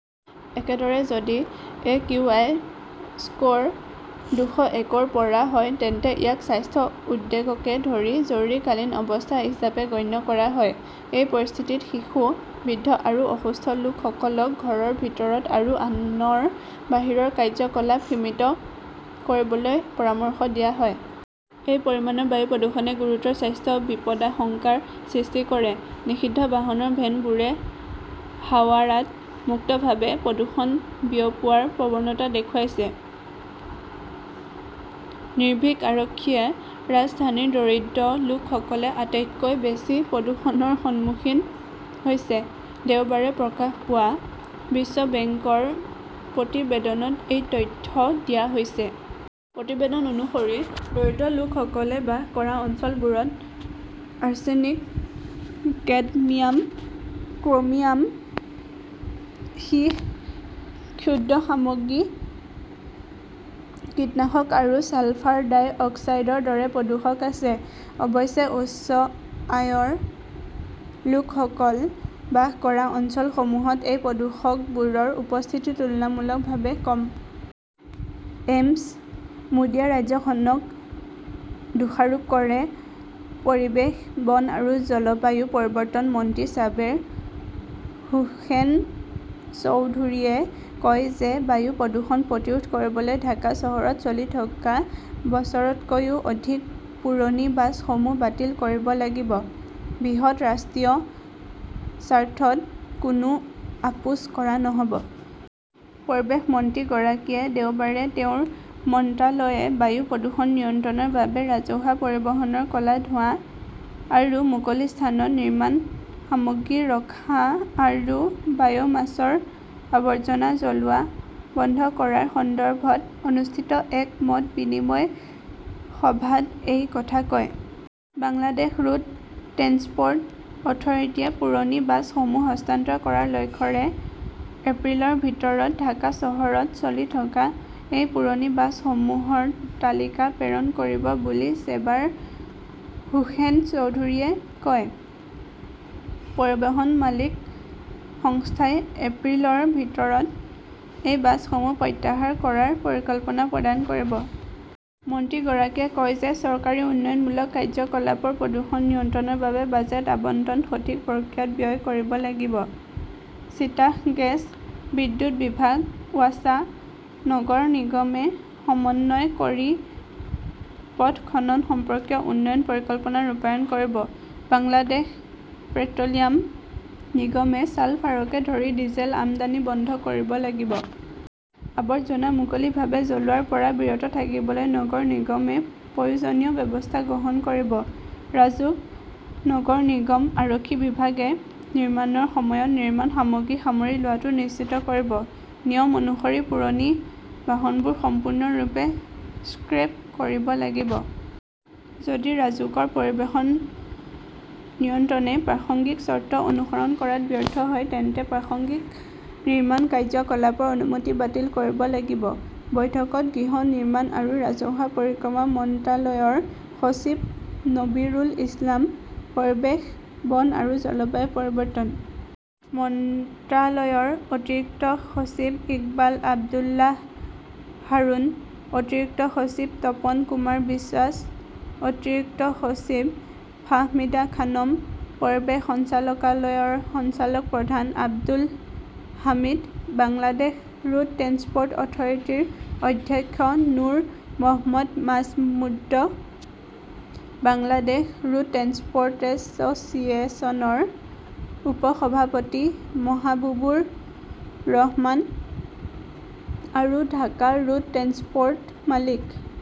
একেদৰে, যদি AQI score দুশ এক’ৰ পৰা হয় তেন্তে ইয়াক স্বাস্থ্য উদ্বেগকে ধৰি জৰুৰীকালীন অৱস্থা হিচাপে গণ্য কৰা হয়। এই পৰিস্থিতিত শিশু, বৃদ্ধ আৰু অসুস্থ লোকসকলক ঘৰৰ ভিতৰত আৰু আনৰ বাহিৰৰ কাৰ্যকলাপ সীমিত কৰিবলৈ পৰামৰ্শ দিয়া হয়। এই পৰিমাণৰ বায়ু প্ৰদূষণে গুৰুতৰ স্বাস্থ্য বিপদাশংকাৰ সৃষ্টি কৰে। নিষিদ্ধ বাহনৰ ভেনবোৰে হাৱাৰাত মুক্তভাৱে প্ৰদূষণ বিয়পোৱাৰ প্ৰৱণতা দেখুৱাইছে, নিৰ্ভীক আৰক্ষীয়ে ৰাজধানীৰ দৰিদ্ৰ লোকসকলে আটাইতকৈ বেছি প্ৰদূষণৰ সন্মুখীন হৈছে। দেওবাৰে প্ৰকাশ পোৱা বিশ্ব বেংকৰ প্ৰতিবেদনত এই তথ্য দিয়া হৈছে। প্ৰতিবেদন অনুসৰি, দৰিদ্ৰ লোকসকলে বাস কৰা অঞ্চলবোৰত আৰ্ছেনিক, কেডমিয়াম, ক্ৰমিয়াম, সীহ, ক্ষুদ্ৰ সামগ্ৰী, কীটনাশক আৰু ছালফাৰ ডাই অক্সাইডৰ দৰে প্ৰদূষক আছে। অৱশ্যে, উচ্চ আয়ৰ লোকসকল বাস কৰা অঞ্চলসমূহত এই প্ৰদূষকবোৰৰ উপস্থিতি তুলনামূলকভাৱে কম। এমছঃ মোদীয়ে ৰাজ্যখনক দোষাৰোপ কৰে পৰিৱেশ, বন আৰু জলবায়ু পৰিৱৰ্তন মন্ত্ৰী ছাবেৰ হোসেন চৌধুৰীয়ে কয় যে বায়ু প্ৰদূষণ প্ৰতিৰোধ কৰিবলৈ ঢাকা চহৰত চলি থকা বছৰতকৈও অধিক পুৰণি বাছসমূহ বাতিল কৰিব লাগিব। বৃহৎ ৰাষ্ট্ৰীয় স্বাৰ্থত কোনো আপোচ কৰা নহ'ব। পৰিৱেশ মন্ত্ৰীগৰাকীয়ে দেওবাৰে তেওঁৰ মন্ত্ৰালয়ে বায়ু প্ৰদূষণ নিয়ন্ত্ৰণৰ বাবে ৰাজহুৱা পৰিবহণৰ ক 'লা ধোঁৱা আৰু মুকলি স্থানত নিৰ্মাণ সামগ্ৰী ৰখা আৰু বায়' মাছৰ আৱৰ্জনা জ্বলোৱা বন্ধ কৰাৰ সন্দৰ্ভত অনুষ্ঠিত এক মত বিনিময় সভাত এই কথা কয়। বাংলাদেশ ৰোড ট্ৰেন্সপ’ৰ্ট অথৰিটিয়ে পুৰণি বাছসমূহ হস্তান্তৰ কৰাৰ লক্ষ্যৰে এপ্ৰিলৰ ভিতৰত ঢাকা চহৰত চলি থকা এই পুৰণি বাছসমূহৰ তালিকা প্ৰেৰণ কৰিব বুলি চেবাৰ হোসেন চৌধুৰীয়ে কয়। পৰিবহণ মালিক সংস্থাই এপ্ৰিলৰ ভিতৰত এই বাছসমূহ প্ৰত্যাহাৰ কৰাৰ পৰিকল্পনা প্ৰদান কৰিব। মন্ত্ৰীগৰাকীয়ে কয় যে চৰকাৰী উন্নয়নমূলক কাৰ্যকলাপৰ প্ৰদূষণ নিয়ন্ত্ৰণৰ বাবে বাজেট আবণ্টন সঠিক প্ৰক্ৰিয়াত ব্যয় কৰিব লাগিব। চিটাস গেছ, বিদ্যুৎ বিভাগ, ৱাছা, নগৰ নিগমে সমন্বয় কৰি পথ খনন সম্পৰ্কীয় উন্নয়ন পৰিকল্পনা ৰূপায়ণ কৰিব। বাংলাদেশ পেট্ৰ'লিয়াম নিগমে ছালফাৰকে ধৰি ডিজেল আমদানি বন্ধ কৰিব লাগিব। আৱৰ্জনা মুকলিভাৱে জ্বলোৱাৰ পৰা বিৰত থাকিবলৈ নগৰ নিগমে প্ৰয়োজনীয় ব্যৱস্থা গ্ৰহণ কৰিব। ৰাজুক, নগৰ নিগম, আৰক্ষী বিভাগে নিৰ্মাণৰ সময়ত নিৰ্মাণ সামগ্ৰী সামৰি লোৱাটো নিশ্চিত কৰিব। নিয়ম অনুসৰি পুৰণি বাহনবোৰ সম্পূৰ্ণৰূপে স্ক্ৰেপ কৰিব লাগিব। যদি ৰাজুকৰ পৰিৱেশন নিয়ন্ত্ৰণে প্ৰাসংগিক চৰ্ত অনুসৰণ কৰাত ব্যৰ্থ হয় তেন্তে প্ৰাসংগিক নিৰ্মাণ কাৰ্যকলাপৰ অনুমতি বাতিল কৰিব লাগিব। বৈঠকত গৃহ নিৰ্মাণ আৰু ৰাজহুৱা পৰিক্ৰমা মন্ত্ৰালয়ৰ সচিব নবীৰুল ইছলাম, পৰিৱেশ, বন আৰু জলবায়ু পৰিৱৰ্তন মন্ত্ৰালয়ৰ অতিৰিক্ত সচিব ইকবাল আব্দুল্লাহ হাৰুন, অতিৰিক্ত সচিব তপন কুমাৰ বিশ্বাস, অতিৰিক্ত সচিব ফাহমিদা খানম, পৰিৱেশ সঞ্চালকালয়ৰ সঞ্চালক প্ৰধান Abdul Hamid, Bangladesh road transport অথৰিটিৰ অধ্যক্ষ Nur Mohammad Majumder, Bangladesh road transport এছ চিয়েশ্যনৰ উপ-সভাপতি মহাবুবুৰ ৰহমান আৰু ঢাকা ৰোড ট্ৰেন্সপ ৰ্ট মালিক।